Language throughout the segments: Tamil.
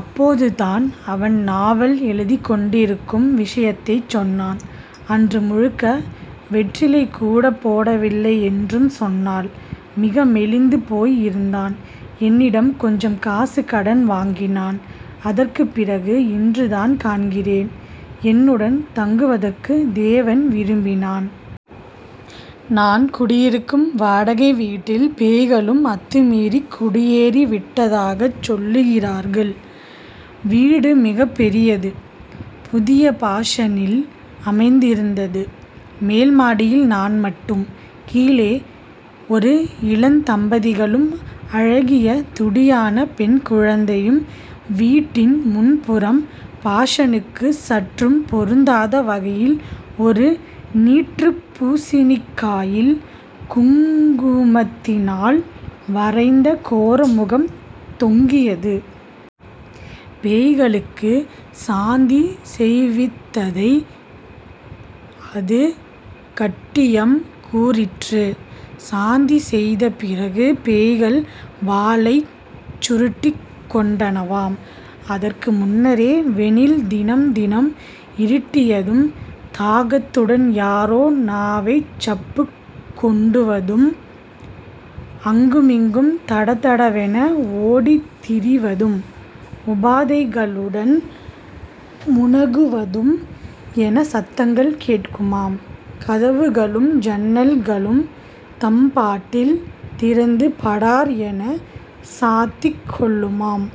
அப்போது தான் அவன் நாவல் எழுதிக் கொண்டிருக்கும் விஷயத்தைச் சொன்னான். அன்று முழுக்க வெற்றிலை கூடப் போடவில்லை என்றும் சொன்னால் மிக மெலிந்து போய் இருந்தான். என்னிடம் கொஞ்சம் காசு கடன் வாங்கினான். அதற்குப் பிறகு இன்று தான் காண்கிறேன். என்னுடன் தங்குவதற்கு தேவன் விரும்பினான். நான் குடியிருக்கும் வாடகை வீட்டில் பேய்களும் அத்து மீறிக் குடியேறிவிட்டதாகச் சொல்லுகிறார்கள். வீடு மிகப் பெரியது. புதிய பாஷனில் அமைந்திருந்தது. மேல் மாடியில் நான் மட்டும் கீழே ஒரு இளந்தம்பதிகளும், அழகிய துடியான பெண்குழந்தையும் வீட்டின் முன்புறம் பாஷனுக்கு சற்றும் பொருந்தாத வகையில் ஒரு நீற்றுப் பூசினிக்காயில் குங்குமத்தினால் வரைந்த கோரமுகம் தொங்கியது. பேய்களுக்கு சாந்தி செய்வித்ததை அது கட்டியம் கூறிற்று. சாந்தி செய்த பிறகு பேய்கள் வாலைச் சுருட்டிக் கொண்டனவாம். அதற்கு முன்னரே வெனில் தினம் தினம் இருட்டியதும் தாகத்துடன் யாரோ நாவைச் சப்புக் கொண்டுவதும், அங்குமிங்கும் தடதடவென ஓடித்திரிவதும். உபாதைகளுடன் முனகுவதும் என சத்தங்கள் கேட்குமாம். கதவுகளும் ஜன்னல்களும் தம்பாட்டில் திறந்து படார் என சாத்திக் கொள்ளுமாம்.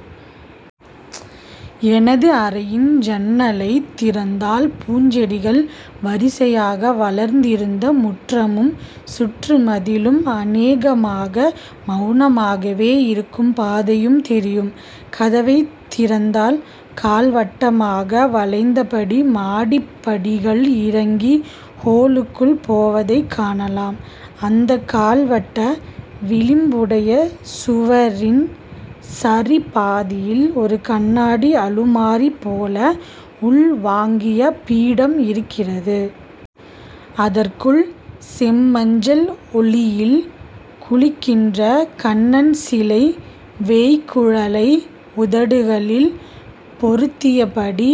எனது அறையின் ஜன்னலைத் திறந்தால் பூஞ்செடிகள் வரிசையாக வளர்ந்திருந்த முற்றமும் சுற்றுமதிலும் அநேகமாக மெளனமாகவே இருக்கும் பாதையும் தெரியும். கதவைத் திறந்தால் கால்வட்டமாக வளைந்தபடி மாடிப்படிகள் இறங்கி ஹோலுக்குள் போவதைக் காணலாம். அந்தக் கால்வட்ட விளிம்புடைய சுவரின் சரிபாதியில் ஒரு கண்ணாடி அலுமாரி போல உள்வாங்கிய பீடம் இருக்கிறது. அதற்குள் செம்மஞ்சள் ஒளியில் குளிக்கின்ற கண்ணன்சிலை வேய்க்குழலை உதடுகளில் பொருத்தியபடி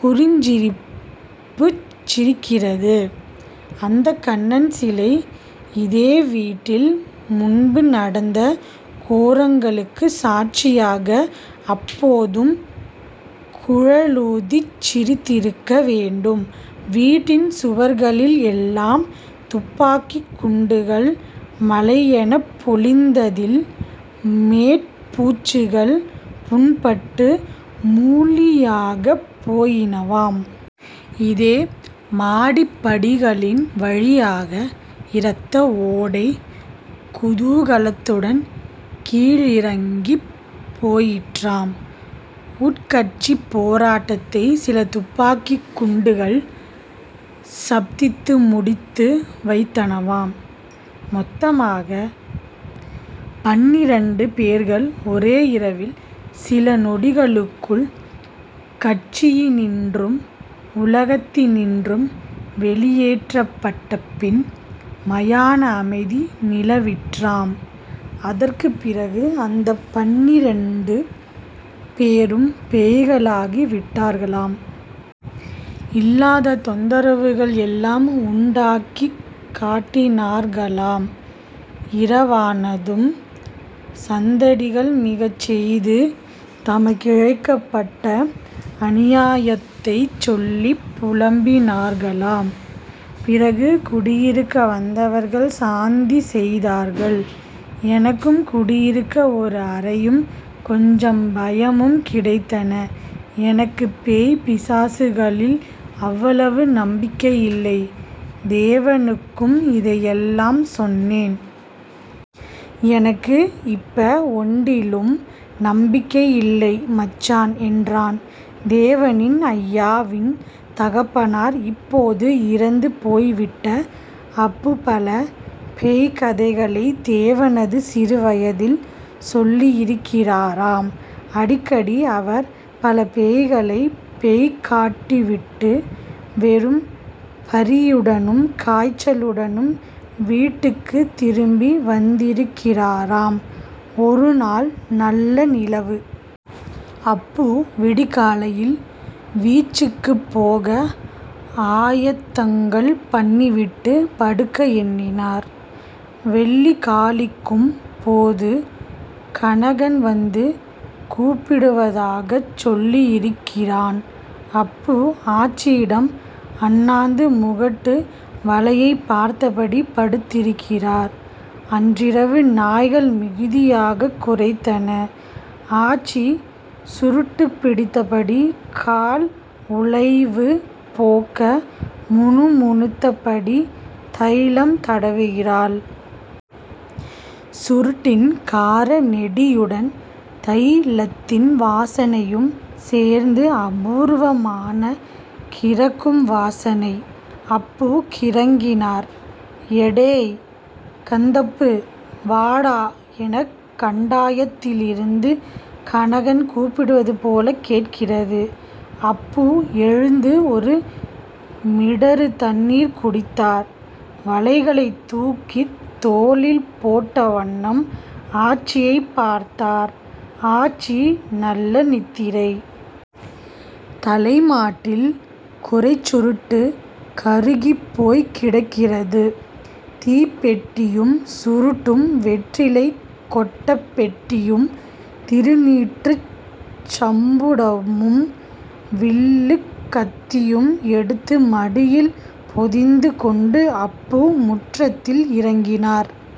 குறுஞ்சிரிப்புச் சிரிக்கிறது. அந்தக் கண்ணன் சிலை இதே வீட்டில் முன்பு நடந்த கோரங்களுக்கு சாட்சியாக அப்போதும் குழலூதிச் சிரித்திருக்க வேண்டும். வீட்டின் சுவர்களில் எல்லாம் துப்பாக்கிக் குண்டுகள் மழையெனப் பொழிந்ததில் மேற்பூச்சுகள் புண்பட்டு மூளியாகப் போயினவாம். இதே மாடிப்படிகளின் வழியாக இரத்த ஓடை குதூகலத்துடன் கீழிறங்கிப் போயிற்றாம். உட்கட்சிப் போராட்டத்தை சில துப்பாக்கிக் குண்டுகள் சப்தித்து முடித்து வைத்தனவாம். மொத்தமாக பன்னிரண்டு பேர்கள் ஒரே இரவில் சில நொடிகளுக்குள் கட்சியினின்றும் உலகத்தினின்றும் வெளியேற்றப்பட்டபின் மயான அமைதி நிலவிற்றாம். அதற்குப் பிறகு அந்தப் பன்னிரண்டு பேரும் பேய்களாகி விட்டார்களாம். இல்லாத தொந்தரவுகள் எல்லாம் உண்டாக்கிக் காட்டினார்களாம். இரவானதும் சந்தடிகள் மிகச் செய்து தமக்கிழைக்கப்பட்ட அநியாயத்தைச் சொல்லிப் புலம்பினார்களாம். பிறகு குடியிருக்க வந்தவர்கள் சாந்தி செய்தார்கள். எனக்கும் குடியிருக்க ஒரு அறையும், கொஞ்சம் பயமும் கிடைத்தன. எனக்குப் பேய் பிசாசுகளில் அவ்வளவு நம்பிக்கை இல்லை. தேவனுக்கும் இதையெல்லாம் சொன்னேன். எனக்கு இப்ப ஒண்டிலும் நம்பிக்கை இல்லை மச்சான் என்றான். தேவனின் அய்யா வின் தகப்பனார் இப்போது இறந்து போய்விட்ட அப்புபல பேய்க்கதைகளைத் தேவனது சிறுவயதில் சொல்லியிருக்கிறாராம். அடிக்கடி அவர் பலபேய்களைப் பேய்க்காட்டிவிட்டு வெறும் பறியுடனும் காய்ச்சலுடனும் வீட்டுக்கு திரும்பி வந்திருக்கிறாராம். ஒரு நாள், நல்ல நிலவு. அப்பு விடிகாலையில் வீச்சுக்குப் போக ஆயத்தங்கள் பண்ணிவிட்டு படுக்க எண்ணினார். வெள்ளி காலிக்கும் போது கனகன் வந்து கூப்பிடுவதாகச் சொல்லியிருக்கிறான். அப்பு ஆச்சியிடம் அண்ணாந்து முகட்டு வளையைப் பார்த்தபடி படுத்திருக்கிறார். அன்றிரவு நாய்கள் மிகுதியாகக் குரைத்தன. ஆச்சி சுருட்டுப் பிடித்தபடி கால் உளைவு போக்க முணுமுணுத்தபடி தைலம் தடவுகிறாள். சுருட்டின் காரநெடியுடன் தைலத்தின் வாசனையும் சேர்ந்து அபூர்வமான கிறக்கும் வாசனை. அப்பு கிறங்கினார். எடேய்... கந்தப்பு... வாடா எனக் கண்டாயத்திலிருந்து கனகன் கூப்பிடுவது போலக் கேட்கிறது. அப்பு எழுந்து ஒரு மிடறு தண்ணீர் குடித்தார். வலைகளைத் தூக்கித் தோளில் போட்ட வண்ணம் ஆச்சியைப் பார்த்தார். ஆச்சி நல்ல நித்திரை. தலைமாட்டில் குறைச் சுருட்டு கருகிப் போய்க்கிடக்கிறது. தீப்பெட்டியும் சுருட்டும் வெற்றிலைக் கொட்டப் பெட்டியும் திருநீற்றுச் சம்புடமும் வில்லுக் கத்தியும் எடுத்து மடியில் பொதிந்து கொண்டு அப்பு முற்றத்தில் இறங்கினார்.